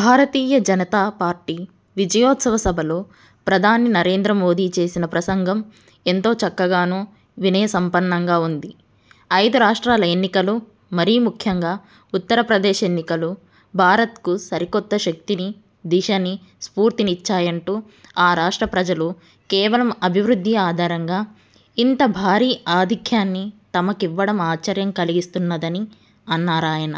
భారతీయ జనతాపార్టీ విజయోత్సవ సభలో ప్రధాని నరేంద్రమోదీ చేసిన ప్రసంగం ఎంతో చక్కగానూ, వినయసంపన్నంగా ఉంది. ఐదు రాష్ట్రాల ఎన్నికలు, మరీ ముఖ్యంగా ఉత్తరప్రదేశ్ ఎన్నికలు భారత్కు సరికొత్త శక్తినీ, దిశనీ, స్ఫూర్తినిచ్చాయంటూ, ఆ రాష్ట్ర ప్రజలు కేవలం అభివృద్ధి ఆధారంగా ఇంత భారీ ఆధిక్యాన్ని తమకు ఇవ్వడం ఆశ్చర్యం కలిగిస్తున్నదని అన్నారాయన.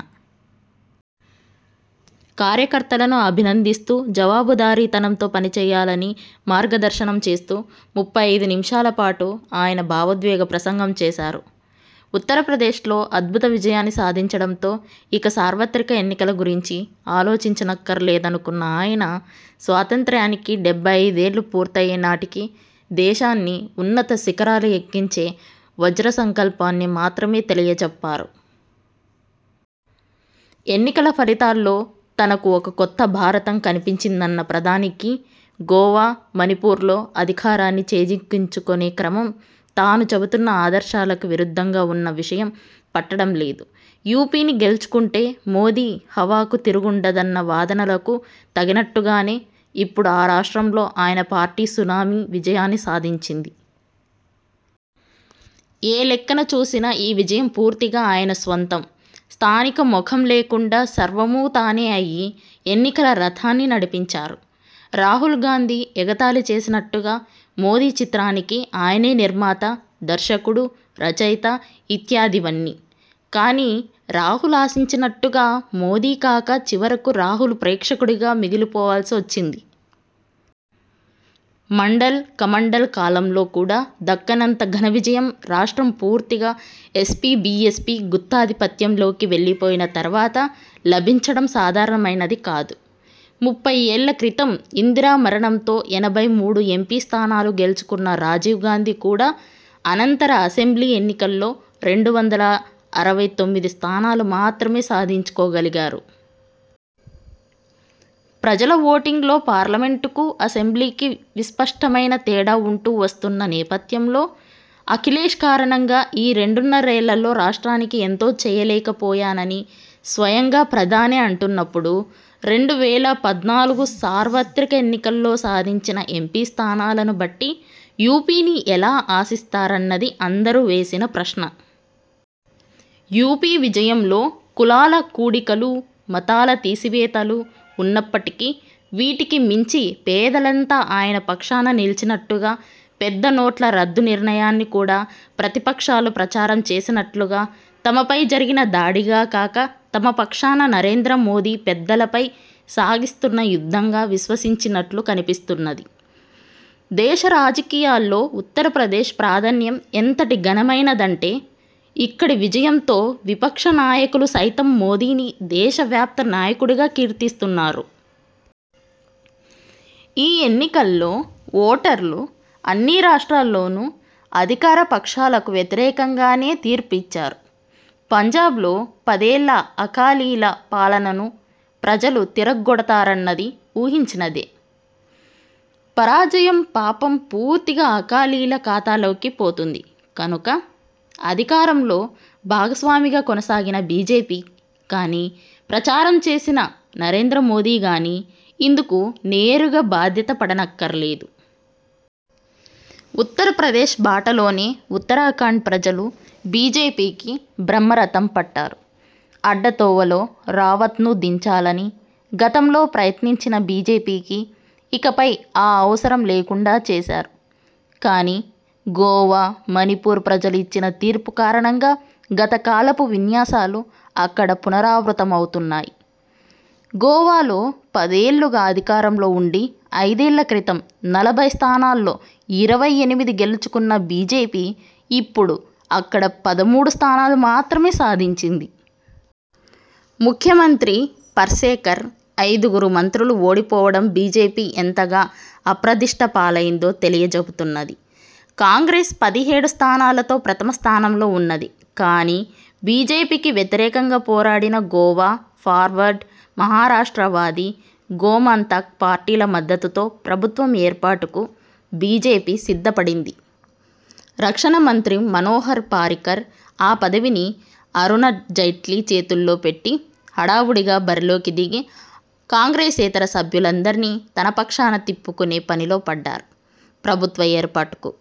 కార్యకర్తలను అభినందిస్తూ, జవాబుదారీ తనంతో పనిచేయాలని మార్గదర్శనంచేస్తూ ముప్పై ఐదునిముషాలపాటు ఆయన భావోద్వేగ ప్రసంగం చేశారు. ఉత్తరప్రదేశ్లో అద్భుత విజయాన్ని సాధించడంతో, ఇక సార్వత్రిక ఎన్నికల గురించి ఆలోచించనక్కరలేదనుకున్న ఆయన, స్వాతంత్ర్యానికి డెబ్బై ఐదు ఏళ్ళు పూర్తయ్యే నాటికి దేశాన్ని ఉన్నతశిఖరాలు ఎక్కించే వజ్రసంకల్పాన్ని మాత్రమే తెలియచెప్పారు. ఎన్నికల ఫలితాల్లో తనకు ఒక కొత్త భారతం కనిపించిదన్న ప్రధానికి, గోవా, మణిపూర్లో అధికారాన్ని చేజిక్కించుకొనే క్రమం తాను చెబుతున్న ఆదర్శాలకు విరుద్ధంగా ఉన్న విషయం పట్టడం లేదు. యూపీని గెలుచుకుంటే మోదీ హవాకు తిరుగుండదన్న వాదనలకు తగినట్టుగానే, ఇప్పుడు ఆ రాష్ట్రంలో ఆయన పార్టీ సునామీ విజయాన్ని సాధించింది. ఏ లెక్కన చూసినా ఈ విజయం పూర్తిగా ఆయన స్వంతం. స్థానిక మొఖం లేకుండా సర్వమూ తానే అయి ఎన్నికల రథాన్ని నడిపించారు. రాహుల్ గాంధీ ఎగతాళి చేసినట్టుగా, మోదీ చిత్రానికి ఆయనే నిర్మాత, దర్శకుడు, రచయిత ఇత్యాదివన్నీ. కానీ, రాహుల్ ఆశించినట్టుగా మోదీకాక చివరకు రాహుల్ ప్రేక్షకుడిగా మిగిలిపోవాల్సి వచ్చింది. మండల్–కమండల్ కాలంలో కూడా దక్కనంత ఘనవిజయం రాష్ట్రం పూర్తిగా ఎస్పీ బీఎస్పీ గుత్తాధిపత్యంలోకి వెళ్లిపోయిన తరువాత లభించడం సాధారణమైనది కాదు. ముప్పయ్యేళ్ళక్రితం ఇందిర మరణంతో ఎనభై మూడు ఎంపీస్థానాలు గెలుచుకున్న రాజీవ్ గాంధీ కూడా అనంతర అసెంబ్లీ ఎన్నికల్లో రెండు వందల అరవై తొమ్మిది స్థానాలు మాత్రమే సాధించుకోగలిగారు. ప్రజల ఓటింగ్లో పార్లమెంటుకూ, అసెంబ్లీకీ విస్పష్టమైన తేడా ఉంటూ వస్తున్న నేపథ్యంలో, అఖిలేశ్ కారణంగా ఈ రెండున్నరేళ్ళ లో రాష్ట్రానికి ఎంతో చేయలేకపోయానని స్వయంగా ప్రధానే అంటున్నప్పుడు, రెండు వేల పద్నాలుగుసార్వత్రిక ఎన్నికల్లో సాధించిన ఎంపీస్థానాలను బట్టి యూపీని ఎలా ఆశిస్తారన్నది అందరూ వేసిన ప్రశ్న. యూపీ విజయంలో కులాల కూడికలూ మతాల తీసివేతలూ ఉన్నప్పటికీ, వీటికి మించి పేదలంతా ఆయన పక్షాన నిలిచినట్టుగా, పెద్దనోట్ల రద్దు నిర్ణయాన్ని కూడా ప్రతిపక్షాలు ప్రచారం చేసినట్లుగా తమపై జరిగిన దాడిగా కాక, తమపక్షాన నరేంద్రమోదీ పెద్దలపై సాగిస్తున్న యుద్ధంగా విశ్వసించినట్లు కనిపిస్తున్నది. దేశరాజకీయాల్లో ఉత్తరప్రదేశ్ ప్రాధాన్యం ఎంతటి ఘనమైనదంటే, ఇక్కడి విజయంతో విపక్షనాయకులు సైతం మోదీని దేశవ్యాప్త నాయకుడిగా కీర్తిస్తున్నారు. ఈ ఎన్నికల్లో ఓటర్లు అన్ని రాష్ట్రాల్లోనూ అధికారపక్షాలకు వ్యతిరేకంగానే తీర్పు ఇచ్చారు. పంజాబ్లో పదేళ్ళ అకాలీల పాలనను ప్రజలు తిరగ్గొడతారన్నది ఊహించినదే. పరాజయం పాపం పూర్తిగా అకాలీల ఖాతాలోకి పోతుంది కనుక, అధికారంలో భాగస్వామిగా కొనసాగిన బీజేపీ కానీ, ప్రచారం చేసిన నరేంద్రమోదీ కానీ ఇందుకు నేరుగా బాధ్యత పడనక్కరలేదు. ఉత్తరప్రదేశ్ బాటలోనే ఉత్తరాఖండ్ ప్రజలు బీజేపీకి బ్రహ్మరథం పట్టారు. అడ్డతోవలో రావత్ను దించాలని గతంలో ప్రయత్నించిన బీజేపీకి ఇకపై ఆ అవసరం లేకుండా చేశారు. కానీ, గోవా, మణిపూర్ ప్రజలు ఇచ్చిన తీర్పు కారణంగా గతకాలపు విన్యాసాలు అక్కడ పునరావృతమవుతున్నాయి. గోవాలో పదేళ్ళుగా అధికారంలో ఉండి, ఐదేళ్ళక్రితం నలభై స్థానాల్లో ఇరవై ఎనిమిది గెలుచుకున్న బీజేపీ ఇప్పుడు అక్కడ పదమూడు స్థానాలు మాత్రమే సాధించింది. ముఖ్యమంత్రి పర్సేకర్, ఐదుగురు మంత్రులు ఓడిపోవడం బీజేపీ ఎంతగా అప్రదిష్టపాలైందో తెలియచెబుతున్నది. కాంగ్రెస్ పదిహేడు స్థానాలతో ప్రథమస్థానంలో ఉన్నది. కానీ, బీజేపీకి వ్యతిరేకంగా పోరాడిన గోవా ఫార్వర్డ్, మహారాష్ట్రవాదీ గోమంతక్ పార్టీల మద్దతుతో ప్రభుత్వం ఏర్పాటుకు బీజేపీ సిద్ధపడింది. రక్షణమంత్రి మనోహర్ పారీకర్ ఆ పదవిని అరుణ్జైట్లీ చేతుల్లో పెట్టి హడావుడిగా బరిలోకి దిగి, కాంగ్రెసేతర సభ్యులందరినీ తనపక్షాన తిప్పుకొనే పనిలో పడ్డారు. ప్రభుత్వ ఏర్పాటుకు